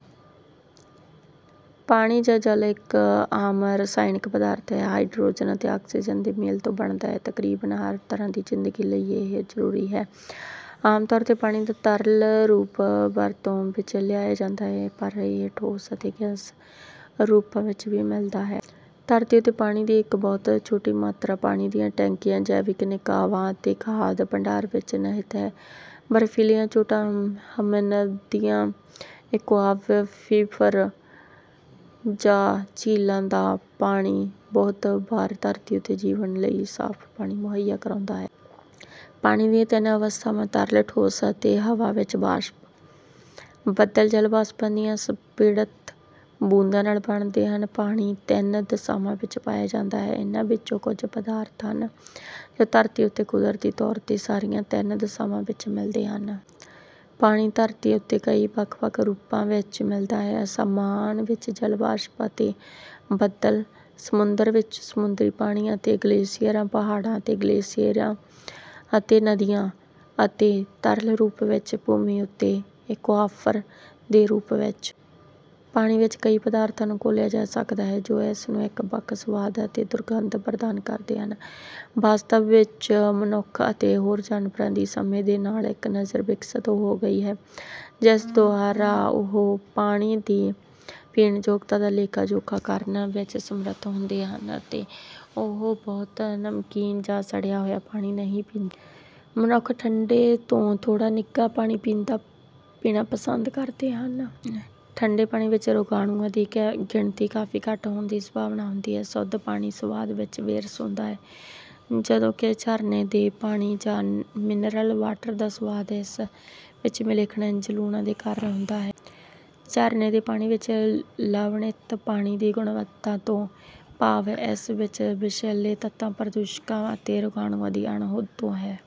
ਪਾਣੀ ਜਾਂ ਜਲ ਇੱਕ ਆਮ ਰਾਸਾਇਣਕ ਪਦਾਰਥ ਹੈ ਹਾਈਡ੍ਰੋਜਨ ਅਤੇ ਆਕਸੀਜਨ ਦੇ ਮੇਲ ਤੋਂ ਬਣਦਾ ਹੈ। ਤਕਰੀਬਨ ਹਰ ਤਰ੍ਹਾਂ ਦੀ ਜ਼ਿੰਦਗੀ ਲਈ ਇਹ ਜ਼ਰੂਰੀ ਹੈ। ਆਮ ਤੌਰ 'ਤੇ ਪਾਣੀ ਦਾ ਤਰਲ ਰੂਪ ਵਰਤੋਂ ਵਿੱਚ ਲਿਆਇਆ ਜਾਂਦਾ ਹੈ ਪਰ ਇਹ ਠੋਸ ਅਤੇ ਗੈਸ ਰੂਪਾਂ ਵਿੱਚ ਵੀ ਮਿਲਦਾ ਹੈ। ਧਰਤੀ ਉੱਤੇ ਪਾਣੀ ਦੀ ਇੱਕ ਬਹੁਤ ਛੋਟੀ ਮਾਤਰਾ ਪਾਣੀ ਦੀਆਂ ਟੈਂਕੀਆਂ, ਜੈਵਿਕ ਨਿਕਾਵਾਂ ਅਤੇ ਖਾਧ ਭੰਡਾਰ ਵਿੱਚ ਨਹਿਤ ਹੈ। ਬਰਫ਼ੀਲੀਆਂ ਚੋਟੀਆਂ, ਹਿਮਨਦੀਆਂ, ਏਕੁਆਵੀਫ਼ਰ ਜਾਂ ਝੀਲਾਂ ਦਾ ਪਾਣੀ ਬਹੁਤ ਵਾਰ ਧਰਤੀ ਉੱਤੇ ਜੀਵਨ ਲਈ ਸਾਫ਼ ਪਾਣੀ ਮੁਹੱਈਆ ਕਰਾਉਂਦਾ ਹੈ। ਪਾਣੀ ਦੀ ਤਿੰਨ ਅਵਸਥਾਵਾਂ: ਤਰਲ, ਠੋਸ, ਅਤੇ ਹਵਾ ਵਿੱਚ ਵਾਸ਼ਪ। ਬੱਦਲ ਜਲ ਵਾਸ਼ਪਾਂ ਦੀਆਂ ਸੰਪੀੜਤ ਬੂੰਦਾਂ ਨਾਲ ਬਣਦੇ ਹਨ। ਪਾਣੀ ਤਿੰਨ ਦਸ਼ਾਵਾਂ ਵਿੱਚ ਪਾਇਆ ਜਾਂਦਾ ਹੈ, ਇਨ੍ਹਾਂ ਵਿੱਚੋਂ ਕੁੱਝ ਪਦਾਰਥਾਂ ਹਨ ਜੋ ਧਰਤੀ ਉੱਤੇ ਕੁਦਰਤੀ ਤੌਰ 'ਤੇ ਸਾਰੀਆਂ ਤਿੰਨ ਦਸ਼ਾਵਾਂ ਵਿੱਚ ਮਿਲਦੇ ਹਨ। ਪਾਣੀ ਧਰਤੀ ਉੱਤੇ ਕਈ ਵੱਖ ਵੱਖ ਰੂਪਾਂ ਵਿੱਚ ਮਿਲਦਾ ਹੈ: ਅਸਮਾਨ ਵਿੱਚ ਜਲ ਵਾਸ਼ਪ ਅਤੇ ਬੱਦਲ; ਸਮੁੰਦਰ ਵਿੱਚ ਸਮੁੰਦਰੀ ਪਾਣੀ ਅਤੇ ਗਲੇਸ਼ੀਅਰਾਂ; ਪਹਾੜਾਂ ਵਿੱਚ ਗਲੇਸ਼ੀਅਰਾਂ ਅਤੇ ਨਦੀਆਂ; ਅਤੇ ਤਰਲ ਰੂਪ ਵਿੱਚ ਭੂਮੀ ਉੱਤੇ ਏਕੁਆਫਰ ਦੇ ਰੂਪ ਵਿੱਚ। ਪਾਣੀ ਵਿੱਚ ਕਈ ਪਦਾਰਥਾਂ ਨੂੰ ਘੋਲਿਆ ਜਾ ਸਕਦਾ ਹੈ ਜੋ ਇਸਨੂੰ ਇੱਕ ਵੱਖ ਸਵਾਦ ਅਤੇ ਦੁਰਗੰਧ ਪ੍ਰਦਾਨ ਕਰਦੇ ਹਨ। ਵਾਸਤਵ ਵਿੱਚ, ਮਨੁੱਖ ਅਤੇ ਹੋਰ ਜਾਨਵਰਾਂ ਦੀ ਸਮੇਂ ਦੇ ਨਾਲ ਇੱਕ ਨਜ਼ਰ ਵਿਕਸਿਤ ਹੋ ਗਈ ਹੈ ਜਿਸ ਦੁਆਰਾ ਉਹ ਪਾਣੀ ਦੀ ਪੀਣਯੋਗਤਾ ਦਾ ਲੇਖਾ ਜੋਖਾ ਕਰਨ ਵਿੱਚ ਸਮਰੱਥ ਹੁੰਦੇ ਹਨ ਅਤੇ ਉਹ ਬਹੁਤ ਨਮਕੀਨ ਜਾਂ ਸੜਿਆ ਹੋਇਆ ਪਾਣੀ ਨਹੀਂ ਪੀਂਦੇ। ਮਨੁੱਖ ਠੰਡੇ ਤੋਂ ਥੋੜਾ ਨਿੱਘਾ ਪਾਣੀ ਪੀਣਾ ਪਸੰਦ ਕਰਦੇ ਹਨ; ਠੰਡੇ ਪਾਣੀ ਵਿੱਚ ਰੋਗਾਣੂਆਂ ਦੀ ਗਿਣਤੀ ਕਾਫ਼ੀ ਘੱਟ ਹੋਣ ਦੀ ਸੰਭਾਵਨਾ ਹੁੰਦੀ ਹੈ। ਸ਼ੁੱਧ ਪਾਣੀ ਸਵਾਦ ਵਿੱਚ ਬੇਰਸ ਹੁੰਦਾ ਹੈ ਜਦੋਂ ਕਿ ਝਰਨੇ ਦੇ ਪਾਣੀ ਜਾਂ ਮਿਨਰਲ ਵਾਟਰ ਦਾ ਸਵਾਦ ਇਸ ਵਿੱਚ ਮਿਲੇ ਖਣਿਜ ਲੂਣਾਂ ਦੇ ਕਾਰਨ ਹੁੰਦਾ ਹੈ। ਝਰਨੇ ਦੇ ਪਾਣੀ ਜਾਂ ਲਵਣਿਤ ਪਾਣੀ ਦੀ ਗੁਣਵੱਤਾ ਤੋਂ ਭਾਵ ਇਸ ਵਿੱਚ ਵਿਸ਼ੈਲੇ ਤੱਤਾਂ, ਪ੍ਰਦੂਸ਼ਕਾਂ ਅਤੇ ਰੋਗਾਣੂਆਂ ਦੀ ਅਣਹੋਂਦ ਤੋਂ ਹੈ।